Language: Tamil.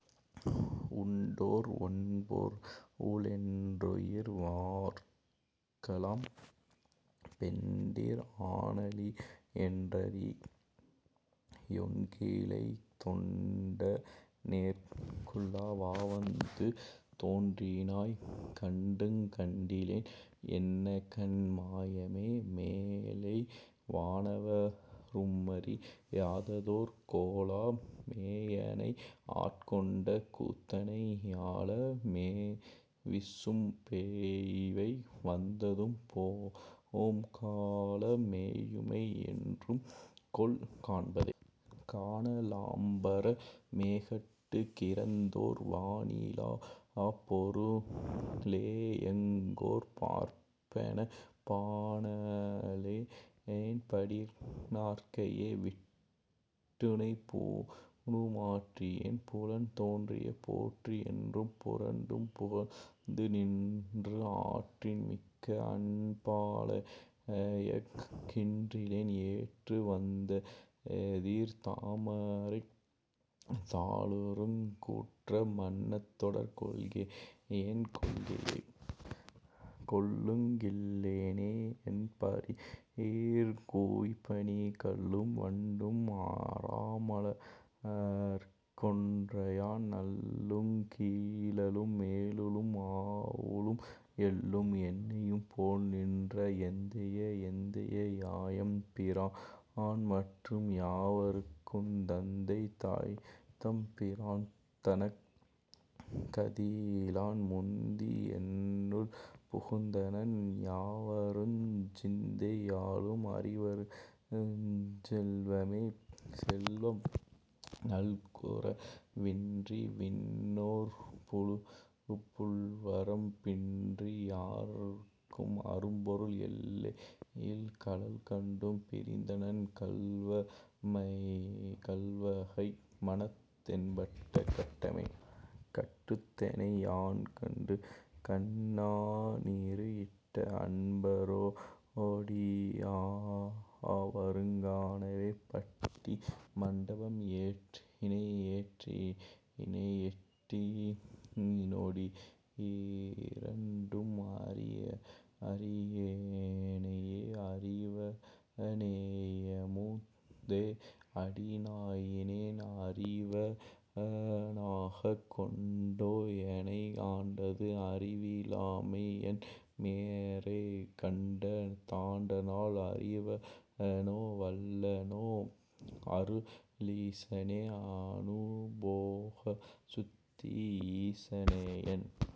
உண்டோ ர் ஒண்பொரு ளென்றுணர் வார்க்கெலாம் பெண்டிர் ஆண்அலி யென்றறி யொண்கிலை தொண்ட னேற்குள்ள வாவந்து தோன்றினாய் கண்டுங் கண்டிலேன் என்னகண் மாயமே. மேலை வானவ ரும்மறி யாததோர் கோல மேயெனை ஆட்கொண்ட கூத்தனே ஞால மேவிசும் பேயிவை வந்துபோம் கால மேயுளை யென்றுகொல் காண்பதே. காண லாம்பர மேகட் கிறந்ததோர் வாணி லாப் பொரு ளேயிங்கொர் பார்ப்பெனப் பாண ளேன்படிற் றாக்கையை விட்டுனைப் பூணு மாற்றி யேன் புலன் போற்றியே. போற்றி யென்றும் புரண்டும் புகழ்ந்தும்நின்று ஆற்றன் மிக்கஅன் பாலழைக் கின்றிலேன் ஏற்று வந்தெதிர் தாமரைத் தாளுறுங் கூற்ற மன்னதொர் கொள்கையென் கொள்கையே. கொள்ளுங் கில்லெனை யன்பரிற் கூய்ப்பணி கள்ளும் வண்டும் அறாமலர்க் கொன்றையான் நள்ளுங் கீழளும் மேலுளும் யாவுளும் எள்ளும் எண்ணெயும் போல்நின்ற எந்தையே. எந்தை யாயெம் பிரான்மற்றும் யாவர்க்குந் தந்தை தாய்தம் பிரான்தனக் கஃதிலான் முந்தி யென்னுள் புகுந்தனன் யாவருஞ் சிந்தை யாலும் அறிவருஞ் செல்வனே. செல்வம் நல்குர வின்றிவிண் ணோர்புழுப் புல்வரம் பின்றி யார்க்கும் அரும்பொருள் எல்லை யில்கழல் கண்டும் பிரிந்தனன் கல்வ கைமனத் தேன்பட்ட கட்டமே. கட்டறத்தெனை யாண்டுகண் ணாரநீறு இட்ட அன்பரொ டியாவருங் காணவே பட்டி மண்டபம் ஏற்றினை ஏற்றினை எட்டி னோடிரண் டும் அறி யேனையே. அறிவ னேயமு தேஅடி நாயினேன் அறிவ னாகக் கொண்டோ எனை ஆண்டது அறிவி லாமையன் றேகண்ட தாண்டநாள் அறிவ னோவல்ல னோஅரு ளீசனே.. அநுபோகசுத்தி ஈசனேயென்